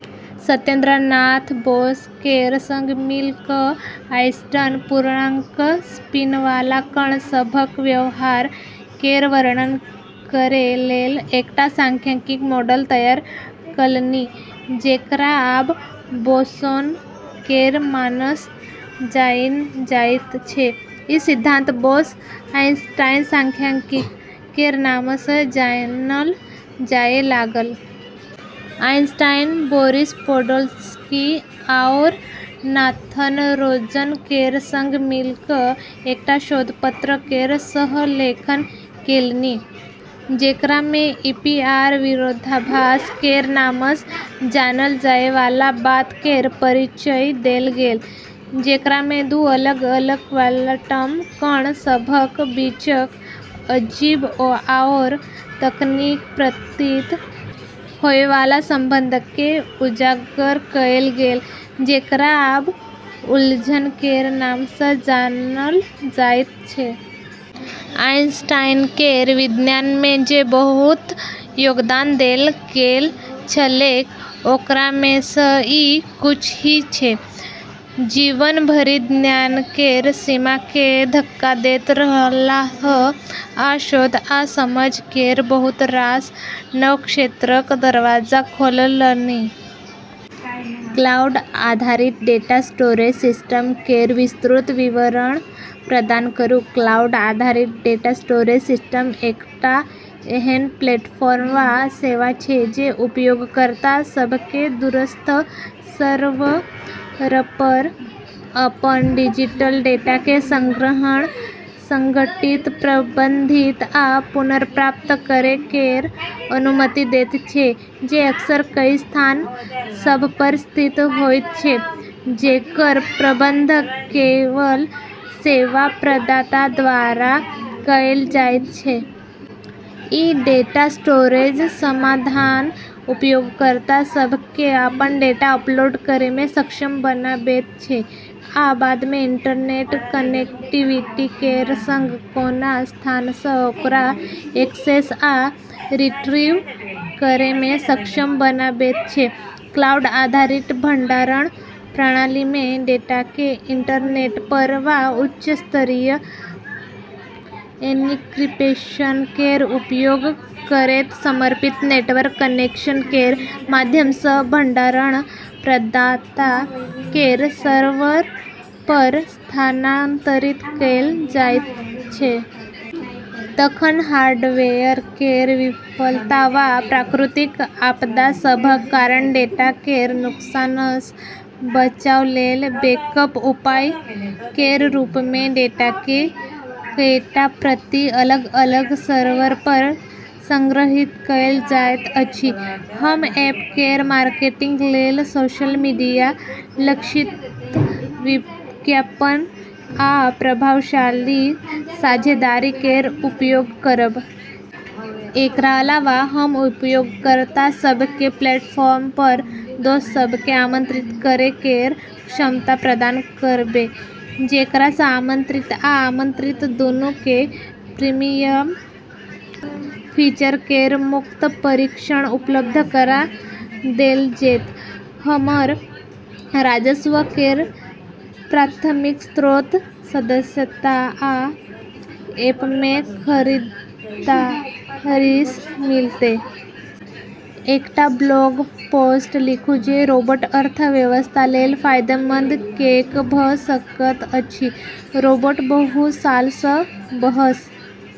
सत्येन्द्र नाथ बोस केर संग मिलि कऽ आइंस्टीन पूर्णांक स्पिनवाला कण सभक व्यवहार केर वर्णन करै लेल एकटा सांख्यिकीय मॉडल तैयार केलनि, जेकरा आब 'बोसोन' केर नामसँ जानल जाइत छै। ई सिद्धांत 'बोस-आइंस्टीन सांख्यिकी' केर नामसँ जानल जाए लागल। आइंस्टीन बोरिस पोडोल्स्की आओर नाथन रोजन केर संग मिलि कऽ एकटा शोध पत्र केर सह-लेखन केलनि, जेकरामे "ईपीआर विरोधाभास" केर नामसँ जानल जाएवाला बात केर परिचय देल गेलै, जेकरामे दू अलग-अलग क्वांटम कण सभक बीचक अजीब आओर तात्कालिक प्रतीत होएवाला संबंधकेँ उजागर कएल गेलै, जेकरा आब उलझन केर नामसँ जानल जाइत छै। आइंस्टीन केर विज्ञानमे जे बहुत योगदान देल गेल छलैक, ओकरामेसँ ई किछु ही छै। जीवन भरि ज्ञान केर सीमाकेँ धक्का दैत रहलाह आ शोध आ समझ केर बहुत रास नव क्षेत्रक दरवाजा खोललनि। क्लाउड आधारित डेटा स्टोरेज सिस्टम केर विस्तृत विवरण प्रदान करू। क्लाउड आधारित डेटा स्टोरेज सिस्टम एकटा एहन प्लेटफॉर्म वा सेवा छै जे उपयोगकर्ता सभकेँ दूरस्थ सर्वरपर अपन डिजिटल डेटाकेँ संग्रहण, संगठित, प्रबंधित आ पुनर्प्राप्त करै केर अनुमति दैत छै जे अक्सर कई स्थान सभपर स्थित होइत छै, जेकर प्रबंधन केवल सेवा प्रदाताद्वारा कएल जाइत छै। ई डेटा स्टोरेज समाधान उपयोगकर्ता सभकेँ अपन डेटा अपलोड करैमे सक्षम बनाबैत छै आ बादमे इंटरनेट कनेक्टिविटी केर संग कोनो स्थानसँ ओकरा एक्सेस आ रिट्रीव करैमे सक्षम बनाबैत छै। क्लाउड आधारित भंडारण प्रणालीमे, डेटाकेँ इंटरनेटपर वा उच्च स्तरीय एन्क्रिप्शन केर उपयोग करैत समर्पित नेटवर्क कनेक्शन केर माध्यमसँ भंडारण प्रदाता केर सर्वरपर स्थानांतरित कएल जाइत छै। तखन हार्डवेयर केर विफलता वा प्राकृतिक आपदा सभक कारण डेटा केर नुकसानसँ बचाव लेल बैकअप उपाय केर रूपमे डेटाकेँ कईटा प्रति अलग-अलग सर्वरपर संग्रहित कएल जाइत छै। हम ऐप केर मार्केटिंग लेल सोशल मीडिया, लक्षित विज्ञापन, आ प्रभावशाली साझेदारी केर उपयोग करब। एकरा अलावा, हम उपयोगकर्ता सभकेँ प्लेटफॉर्मपर दोस्त सभकेँ आमंत्रित करै केर क्षमता प्रदान करबै, जेकरासँ आमंत्रित आ आमंत्रित दूनूकेँ प्रीमियम फीचर केर मुफ्त परीक्षण उपलब्ध करा देल जैतै। हमर राजस्व केर प्राथमिक स्रोत सदस्यता आ ऐपमे खरीदारीसँ मिलतै। एकटा ब्लॉग पोस्ट लिखू जे रोबोट अर्थव्यवस्था लेल फायदेमंद किऐक भऽ सकैत अछि। रोबोट बहुत सालसँ बहस।